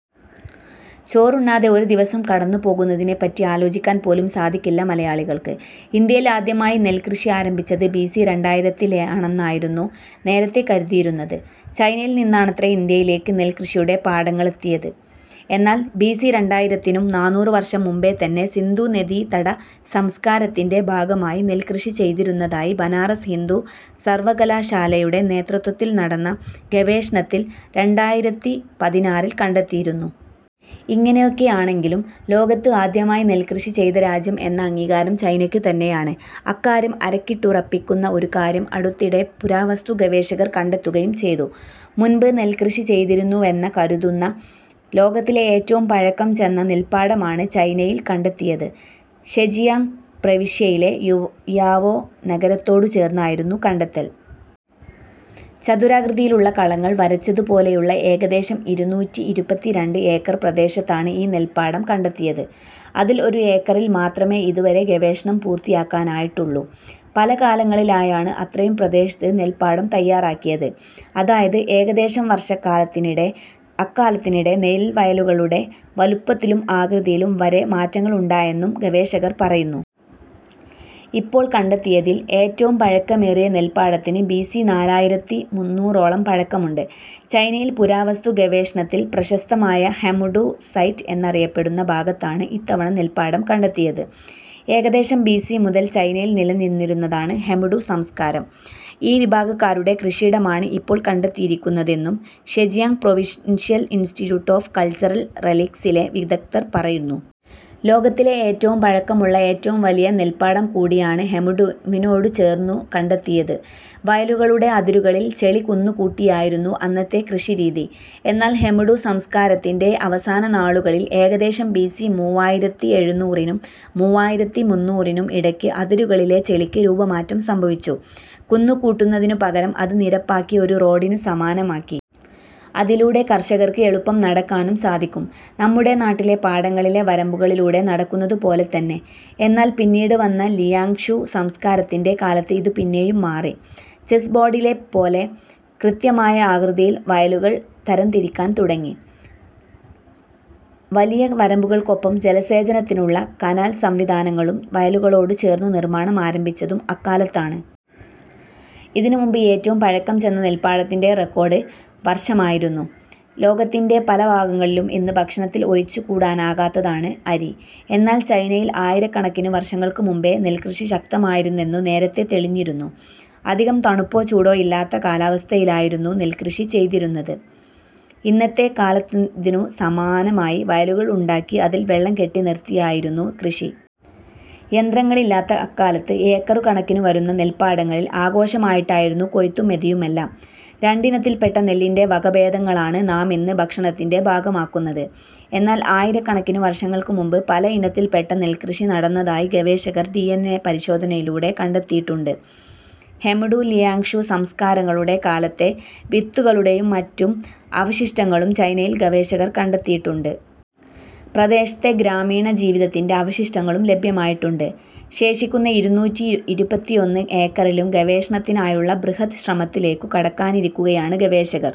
ചോറുണ്ണാതെ ഒരു ദിവസം കടന്നുപോകുന്നതിനെപ്പറ്റി ആലോചിക്കാൻ പോലും സാധിക്കില്ല മലയാളികൾക്ക്. ഇന്ത്യയിൽ ആദ്യമായി നെൽ കൃഷി ആരംഭിച്ചത് ബിസി രണ്ടായിരത്തിലാണെന്നായിരുന്നു നേരത്തേ കരുതിയിരുന്നത്. ചൈനയിൽനിന്നാണത്രേ ഇന്ത്യയിലേക്ക് നെൽകൃഷിയുടെ പാഠങ്ങളെത്തിയത്. എന്നാൽ ബിസി രണ്ടായിരത്തിത്തിനും നാന്നൂറ് വർഷം മുൻപേതന്നെ സിന്ധൂനദീതട സംസ്കാരത്തിൻ്റെ ഭാഗമായി നെൽകൃഷി ചെയ്തിരുന്നതായി ബനാറസ് ഹിന്ദു സർവകലാശാലയുടെ നേതൃത്വത്തിൽ നടന്ന ഗവേഷണത്തിൽ രണ്ടായിരത്തിപതിനാറിൽ കണ്ടെത്തിയിരുന്നു. ഇങ്ങനെയൊക്കെയാണെങ്കിലും ലോകത്ത് ആദ്യമായി നെൽകൃഷി ചെയ്ത രാജ്യം എന്ന അംഗീകാരം ചൈനയ്ക്കു തന്നെയാണ്. അക്കാര്യം അരക്കിട്ടുറപ്പിക്കുന്ന ഒരു കാര്യം അടുത്തിടെ പുരാവസ്തു ഗവേഷകർ കണ്ടെത്തുകയും ചെയ്തു. മുൻപ് നെൽകൃഷി ചെയ്തിരുന്നുവെന്നു കരുതുന്ന, ലോകത്തിലെ ഏറ്റവും പഴക്കം ചെന്ന നെൽപ്പാടമാണ് ചൈനയിൽ കണ്ടെത്തിയത്. ഷെജിയാങ് പ്രവിശ്യയിലെ യുയാവോ നഗരത്തോടു ചേർന്നായിരുന്നു കണ്ടെത്തൽ. ചതുരാകൃതിയിലുള്ള കളങ്ങൾ വരച്ചതു പോലെയുള്ള ഏകദേശം ഇരുന്നൂറ്റിഇരുപത്തിരണ്ട് ഏക്കർ പ്രദേശത്താണ് ഈ നെൽപ്പാടം കണ്ടെത്തിയത്. അതിൽ ഒരു ഏക്കറിൽ മാത്രമേ ഇതുവരെ ഗവേഷണം പൂർത്തിയാക്കാനായിട്ടുള്ളൂ. പല കാലങ്ങളിലായാണ് അത്രയും പ്രദേശത്ത് നെൽപ്പാടം തയാറാക്കിയത്. അതായത് ഏകദേശം വർഷക്കാലത്തിനിടെ. അക്കാലത്തിനിടെ നെൽവയലുകളുടെ വലുപ്പത്തിലും ആകൃതിയിലും വരെ മാറ്റങ്ങളുണ്ടായെന്നും ഗവേഷകർ പറയുന്നു. ഇപ്പോൾ കണ്ടെത്തിയതിൽ ഏറ്റവും പഴക്കമേറിയ നെൽപ്പാടത്തിന് ബിസി നാലായിരത്തിമുന്നൂറോളം പഴക്കമുണ്ട്. ചൈനയിൽ പുരാവസ്തു ഗവേഷണത്തിൽ പ്രശസ്തമായ ഹെമുഡു സൈറ്റ് എന്നറിയപ്പെടുന്ന ഭാഗത്താണ് ഇത്തവണ നെൽപ്പാടം കണ്ടെത്തിയത്. ഏകദേശം ബിസി മുതൽ ചൈനയിൽ നിലനിന്നിരുന്നതാണ് ഹെമുഡു സംസ്കാരം. ഈ വിഭാഗക്കാരുടെ കൃഷിയിടമാണ് ഇപ്പോൾ കണ്ടെത്തിയിരിക്കുന്നതെന്നും Zhejiang provincial institute of cultural റെലിക്സിലെ വിദഗ്ധർ പറയുന്നു. ലോകത്തിലെ ഏറ്റവും പഴക്കമുള്ള, ഏറ്റവും വലിയ നെൽപ്പാടം കൂടിയാണ് ഹെമുഡുവിനോടു ചേർന്നു കണ്ടെത്തിയത്. വയലുകളുടെ അതിരുകളിൽ ചെളി കുന്നുകൂട്ടിയായിരുന്നു അന്നത്തെ കൃഷി രീതി. എന്നാൽ ഹെമുഡു സംസ്കാരത്തിൻ്റെ അവസാന നാളുകളിൽ, ഏകദേശം ബിസി മുവ്വായിരത്തിഎഴുന്നൂറിനും മുവ്വായിരത്തിമുന്നൂറിനും ഇടയ്ക്ക് അതിരുകളിലെ ചെളിക്ക് രൂപമാറ്റം സംഭവിച്ചു. കുന്നുകൂട്ടുന്നതിനു പകരം അത് നിരപ്പാക്കി ഒരു റോഡിനു സമാനമാക്കി. അതിലൂടെ കർഷകർക്ക് എളുപ്പം നടക്കാനും സാധിക്കും. നമ്മുടെ നാട്ടിലെ പാടങ്ങളിലെ വരമ്പുകളിലൂടെ നടക്കുന്നതു പോലെത്തന്നെ! എന്നാൽ പിന്നീട് വന്ന ലിയാങ്ഷു സംസ്കാരത്തിൻ്റെ കാലത്ത് ഇതു പിന്നെയും മാറി. ചെസ് ബോർഡ്ലെ പോലെ കൃത്യമായ ആകൃതിയിൽ വയലുകൾ തരംതിരിക്കാൻ തുടങ്ങി. വലിയ വരമ്പുകൾക്കൊപ്പം ജലസേചനത്തിലുള്ള കനാൽ സംവിധാനങ്ങളും വയലുകളോടു ചേർന്നു നിർമാണം ആരംഭിച്ചതും അക്കാലത്താണ്. ഇതിനു മുൻപ് ഏറ്റവും പഴക്കം ചെന്ന നെൽപ്പാടത്തിൻ്റെ റെക്കോർഡ് വർഷമായിരുന്നു. ലോകത്തിൻ്റെ പല ഭാഗങ്ങളിലും ഇന്ന് ഭക്ഷണത്തിൽ ഒഴിച്ചുകൂടാനാകാത്തതാണ് അരി. എന്നാൽ ചൈനയിൽ ആയിരക്കണക്കിനു വർഷങ്ങൾക്കു മുൻപേ നെൽകൃഷി ശക്തമായിരുന്നെന്നു നേരത്തേ തെളിഞ്ഞിരുന്നു. അധികം തണുപ്പോ ചൂടോ ഇല്ലാത്ത കാലാവസ്ഥയിലായിരുന്നു നെൽകൃഷി ചെയ്തിരുന്നത്. ഇന്നത്തെ കാലത്തേതിനു സമാനമായി വയലുകളുണ്ടാക്കി അതിൽ വെള്ളം കെട്ടിനിർത്തിയായിരുന്നു കൃഷി. യന്ത്രങ്ങളില്ലാത്ത അക്കാലത്ത് ഏക്കറുകണക്കിനു വരുന്ന നെൽപ്പാടങ്ങളിൽ ആഘോഷമായിട്ടായിരുന്നു കൊയ്ത്തും മെതിയുമെല്ലാം. രണ്ടിനത്തിൽപ്പെട്ട നെല്ലിൻ്റെ വകഭേദങ്ങളാണ് നാമിന്ന് ഭക്ഷണത്തിൻ്റെ ഭാഗമാക്കുന്നത്. എന്നാൽ ആയിരക്കണക്കിനു വർഷങ്ങൾക്കു മുൻപ് പല ഇനത്തിൽപ്പെട്ട നെൽകൃഷി നടന്നതായി ഗവേഷകർ ഡി.എൻ.എ പരിശോധനയിലൂടെ കണ്ടെത്തിയിട്ടുണ്ട്. ഹെമുഡു, ലിയാങ്ഷു സംസ്കാരങ്ങളുടെ കാലത്തെ വിത്തുകളുടെയും മറ്റും അവശിഷ്ടങ്ങളും ചൈനയിൽ ഗവേഷകർ കണ്ടെത്തിയിട്ടുണ്ട്. പ്രദേശത്തെ ഗ്രാമീണജീവിതത്തിൻ്റെ അവശിഷ്ടങ്ങളും ലഭ്യമായിട്ടുണ്ട്. ശേഷിക്കുന്ന ഇരുന്നൂറ്റിഇരുപത്തിഒന്ന് ഏക്കറിലും ഗവേഷണത്തിനായുള്ള ബൃഹദ് ശ്രമത്തിലേക്കു കടക്കാനിരിക്കുകയാണ് ഗവേഷകർ.